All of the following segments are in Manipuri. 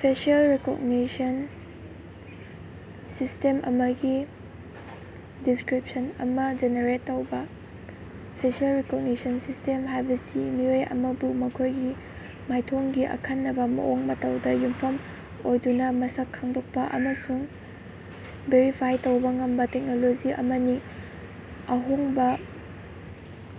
ꯐꯦꯁꯤꯑꯦꯜ ꯔꯤꯀꯣꯒꯅꯤꯁꯟ ꯁꯤꯁꯇꯦꯝ ꯑꯃꯒꯤ ꯗꯤꯁꯀ꯭ꯔꯤꯄꯁꯟ ꯑꯃ ꯖꯦꯅꯦꯔꯦꯠ ꯇꯧꯕ꯫ ꯐꯦꯁꯤꯑꯦꯜ ꯔꯤꯀꯒꯅꯤꯁꯟ ꯁꯤꯁ꯭ꯇꯦꯝ ꯍꯥꯏꯕꯁꯤ ꯃꯤꯑꯣꯏ ꯑꯃꯕꯨ ꯃꯈꯣꯏꯒꯤ ꯃꯥꯏꯊꯣꯡꯒꯤ ꯑꯈꯟꯅꯕ ꯃꯑꯣꯡ ꯃꯇꯧꯗ ꯌꯨꯝꯐꯝ ꯑꯣꯏꯗꯨꯅ ꯃꯁꯛ ꯈꯪꯗꯣꯛꯄ ꯑꯃꯁꯨꯡ ꯚꯦꯔꯤꯐꯥꯏ ꯇꯧꯕ ꯉꯝꯕ ꯇꯦꯛꯅꯣꯂꯣꯖꯤ ꯑꯃꯅꯤ꯫ ꯑꯍꯣꯡꯕ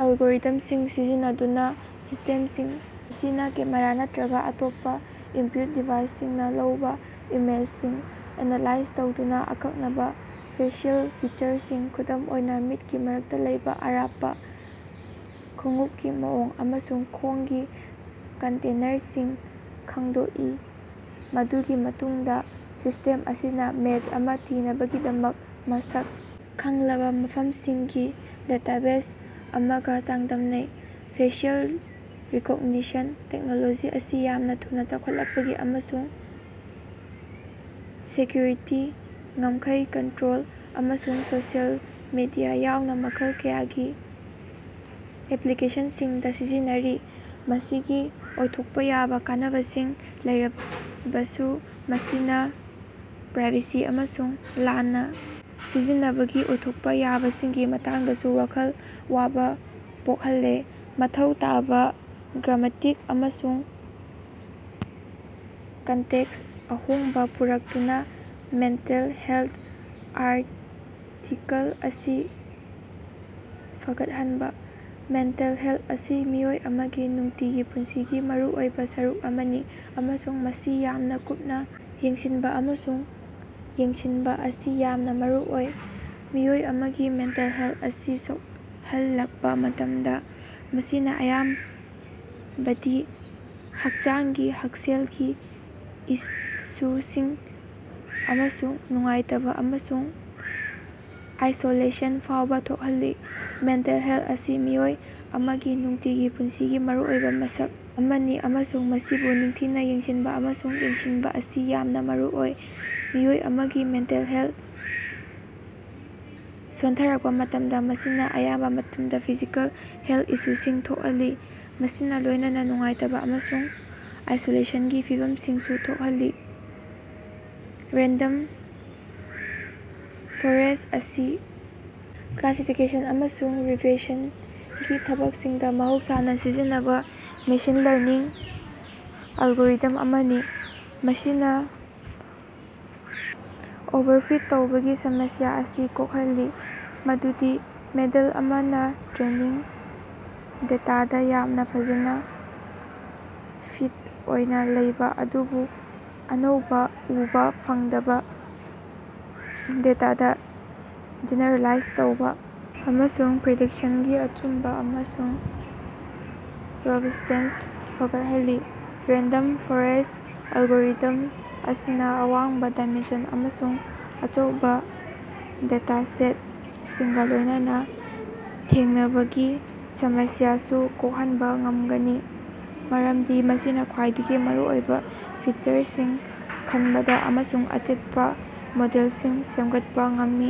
ꯑꯦꯂꯒꯣꯔꯤꯊꯃꯁꯤꯡ ꯁꯤꯖꯤꯟꯅꯗꯨꯅ ꯁꯤꯁꯇꯦꯝꯁꯤꯡ ꯑꯁꯤꯅ ꯀꯦꯃꯦꯔꯥ ꯅꯠꯇ꯭ꯔꯒ ꯑꯇꯣꯞꯄ ꯏꯅꯄꯨꯠ ꯗꯤꯚꯥꯏꯁꯁꯤꯡꯅ ꯂꯧꯕ ꯏꯃꯦꯖꯁꯤꯡ ꯑꯦꯅꯥꯂꯥꯏꯖ ꯇꯧꯗꯨꯅ ꯑꯀꯛꯅꯕ ꯐꯦꯁꯤꯑꯦꯜ ꯐꯤꯆꯔꯁꯤꯡ, ꯈꯨꯗꯝ ꯑꯣꯏꯅ ꯃꯤꯠꯀꯤ ꯃꯔꯛꯇ ꯂꯩꯕ ꯑꯔꯥꯞꯄ ꯈꯣꯡꯎꯄꯀꯤ ꯃꯑꯣꯡ ꯑꯃꯁꯨꯡ ꯈꯣꯡꯒꯤ ꯀꯟꯇꯦꯅꯔꯁꯤꯡ ꯈꯪꯗꯣꯛꯏ꯫ ꯃꯗꯨꯒꯤ ꯃꯇꯨꯡꯗ ꯁꯤꯁ꯭ꯇꯦꯝ ꯑꯁꯤꯅ ꯃꯦꯆ ꯑꯃ ꯊꯤꯅꯕꯒꯤꯗꯃꯛ ꯃꯁꯛ ꯈꯪꯂꯕ ꯃꯐꯝꯁꯤꯡꯒꯤ ꯗꯦꯇꯥꯕꯦꯖ ꯑꯃꯒ ꯆꯥꯡꯗꯝꯅꯩ꯫ ꯐꯦꯁꯤꯑꯦꯜ ꯔꯤꯀꯣꯒꯅꯤꯁꯟ ꯇꯦꯛꯅꯣꯂꯣꯖꯤ ꯑꯁꯤ ꯌꯥꯝꯅ ꯊꯨꯅ ꯆꯥꯎꯈꯠꯂꯛꯂꯤ ꯑꯃꯁꯨꯡ ꯁꯦꯀ꯭ꯌꯨꯔꯤꯇꯤ, ꯉꯝꯈꯩ ꯀꯟꯇꯔꯣꯜ, ꯑꯃꯁꯨꯡ ꯁꯣꯁꯤꯑꯦꯜ ꯃꯦꯗꯤꯌꯥ ꯌꯥꯎꯅ ꯃꯈꯜ ꯀꯌꯥꯒꯤ ꯑꯦꯞꯂꯤꯀꯦꯁꯟꯁꯤꯡꯗ ꯁꯤꯖꯤꯟꯅꯔꯤ꯫ ꯃꯁꯤꯒꯤ ꯑꯣꯏꯊꯣꯛꯄ ꯌꯥꯕ ꯀꯥꯟꯅꯕꯁꯤꯡ ꯂꯩꯔꯕꯁꯨ ꯃꯁꯤꯅ ꯄ꯭ꯔꯥꯏꯚꯦꯁꯤ ꯑꯃꯁꯨꯡ ꯂꯥꯟꯅ ꯁꯤꯖꯤꯟꯅꯕꯒꯤ ꯑꯣꯏꯊꯣꯛꯄ ꯌꯥꯕꯁꯤꯡꯒꯤ ꯃꯇꯥꯡꯗꯁꯨ ꯋꯥꯈꯜ ꯋꯥꯕ ꯄꯣꯛꯍꯜꯂꯦ꯫ ꯃꯊꯧ ꯇꯥꯕ ꯒ꯭ꯔꯥꯃꯇꯤꯛ ꯑꯃꯁꯨꯡ ꯀꯟꯇꯦꯛꯁꯇ ꯑꯍꯣꯡꯕ ꯄꯨꯔꯛꯇꯨꯅ ꯃꯦꯟꯇꯦꯜ ꯍꯦꯜꯊ ꯑꯥꯔꯇꯤꯀꯜ ꯑꯁꯤ ꯐꯒꯠꯍꯟꯕ꯫ ꯃꯦꯟꯇꯦꯜ ꯍꯦꯜꯊ ꯑꯁꯤ ꯃꯤꯑꯣꯏ ꯑꯃꯒꯤ ꯅꯨꯡꯇꯤꯒꯤ ꯄꯨꯟꯁꯤꯒꯤ ꯃꯔꯨꯑꯣꯏꯕ ꯁꯔꯨꯛ ꯑꯃꯅꯤ꯫ ꯑꯃꯁꯨꯡ ꯃꯁꯤ ꯌꯥꯝꯅ ꯀꯨꯞꯅ ꯌꯦꯡꯁꯤꯟꯕ ꯑꯃꯁꯨꯡ ꯌꯦꯡꯁꯤꯟꯕ ꯑꯁꯤ ꯌꯥꯝꯅ ꯃꯔꯨꯑꯣꯏ꯫ ꯃꯤꯑꯣꯏ ꯑꯃꯒꯤ ꯃꯦꯟꯇꯦꯜ ꯍꯦꯂꯊ ꯑꯁꯤ ꯁꯣꯛꯍꯜꯂꯛꯄ ꯃꯇꯝꯗ ꯃꯁꯤꯅ ꯑꯌꯥꯝꯕꯗꯤ ꯍꯛꯆꯥꯡꯒꯤ ꯍꯛꯁꯦꯜꯒꯤ ꯏꯁꯨꯁꯤꯡ ꯑꯃꯁꯨꯡ ꯅꯨꯡꯉꯥꯏꯇꯕ ꯑꯃꯁꯨꯡ ꯑꯥꯏꯁꯣꯂꯦꯁꯟ ꯐꯥꯎꯕ ꯊꯣꯛꯍꯜꯂꯤ꯫ ꯃꯦꯟꯇꯦꯜ ꯍꯦꯜꯊ ꯑꯁꯤ ꯃꯤꯑꯣꯏ ꯑꯃꯒꯤ ꯅꯨꯡꯇꯤꯒꯤ ꯄꯨꯟꯁꯤꯒꯤ ꯃꯔꯨꯑꯣꯏꯕ ꯃꯁꯛ ꯑꯃꯅꯤ ꯑꯃꯁꯨꯡ ꯃꯁꯤꯕꯨ ꯅꯤꯡꯊꯤꯅ ꯌꯦꯡꯁꯤꯟꯕ ꯑꯃꯁꯨꯡ ꯌꯦꯡꯁꯤꯟꯕ ꯑꯁꯤ ꯌꯥꯝꯅ ꯃꯔꯨꯑꯣꯏ꯫ ꯃꯤꯑꯣꯏ ꯑꯃꯒꯤ ꯃꯦꯟꯇꯦꯜ ꯍꯦꯂꯊ ꯁꯣꯟꯊꯔꯛꯄ ꯃꯇꯝꯗ, ꯃꯁꯤꯅ ꯑꯌꯥꯝꯕ ꯃꯇꯝꯗ ꯐꯤꯖꯤꯀꯦꯜ ꯍꯦꯂꯊꯀꯤ ꯏꯁꯨꯁꯤꯡ ꯊꯣꯛꯍꯜꯂꯤ꯫ ꯃꯁꯤꯒ ꯂꯣꯏꯅꯅ ꯅꯨꯡꯉꯥꯏꯇꯕ ꯑꯃꯁꯨꯡ ꯑꯥꯏꯁꯣꯂꯦꯁꯟꯒꯤ ꯐꯤꯚꯝꯁꯤꯡꯁꯨ ꯊꯣꯛꯍꯜꯂꯤ꯫ ꯔꯦꯟꯗꯝ ꯐꯣꯔꯦꯁ꯭ꯠ ꯑꯁꯤ ꯀ꯭ꯂꯥꯁꯤꯐꯤꯀꯦꯁꯟ ꯑꯃꯁꯨꯡ ꯔꯤꯒ꯭ꯔꯦꯁꯟꯒꯤ ꯊꯕꯛꯁꯤꯡꯗ ꯃꯍꯧꯁꯥꯅ ꯁꯤꯖꯤꯟꯅꯕ ꯃꯦꯁꯤꯟ ꯂꯔꯅꯤꯡ ꯑꯦꯂꯒꯣꯔꯤꯊꯝ ꯑꯃꯅꯤ꯫ ꯃꯁꯤꯅ ꯑꯣꯚꯔꯐꯤꯠ ꯇꯧꯕꯒꯤ ꯁꯃꯁ꯭ꯌꯥ ꯑꯁꯤ ꯀꯣꯛꯍꯜꯂꯤ꯫ ꯃꯗꯨꯗꯤ ꯃꯣꯗꯦꯜ ꯑꯃꯅ ꯇ꯭ꯔꯦꯅꯤꯡ ꯗꯦꯇꯥꯗꯥ ꯌꯥꯝꯅ ꯐꯖꯅ ꯐꯤꯠ ꯑꯣꯏꯅ ꯂꯩꯕꯥ ꯑꯗꯨꯕꯨ ꯑꯅꯧꯕ, ꯎꯕ ꯐꯪꯗꯕ ꯗꯦꯇꯥꯗ ꯖꯦꯅꯦꯔꯦꯂꯥꯏꯖ ꯇꯧꯕ ꯑꯃꯁꯨꯡ ꯄ꯭ꯔꯤꯗꯤꯛꯁꯟꯒꯤ ꯑꯆꯨꯝꯕ ꯑꯃꯁꯨꯡ ꯔꯣꯕꯁ꯭ꯇꯦꯟꯁ ꯐꯒꯠꯍꯜꯂꯤ꯫ ꯔꯦꯟꯗꯝ ꯐꯣꯔꯦꯁ꯭ꯠ ꯑꯦꯂꯒꯣꯔꯤꯊꯝ ꯑꯁꯤꯅ ꯑꯋꯥꯡꯕ ꯗꯥꯏꯃꯦꯟꯁꯟ ꯑꯃꯁꯨꯡ ꯑꯆꯧꯕ ꯗꯦꯇꯥꯁꯦꯠꯁꯤꯡꯒ ꯂꯣꯏꯅꯅ ꯊꯦꯡꯅꯕꯒꯤ ꯁꯃꯁ꯭ꯌꯥꯁꯨ ꯀꯣꯛꯍꯟꯕ ꯉꯝꯒꯅꯤ꯫ ꯃꯔꯝꯗꯤ ꯃꯁꯤꯅ ꯈ꯭ꯋꯥꯏꯗꯒꯤ ꯃꯔꯨꯑꯣꯏꯕ ꯐꯤꯆꯔꯁꯤꯡ ꯈꯟꯕꯗ ꯑꯃꯁꯨꯡ ꯑꯆꯦꯠꯄ ꯃꯣꯗꯦꯜꯁꯤꯡ ꯁꯦꯝꯒꯠꯄ ꯉꯝꯃꯤ꯫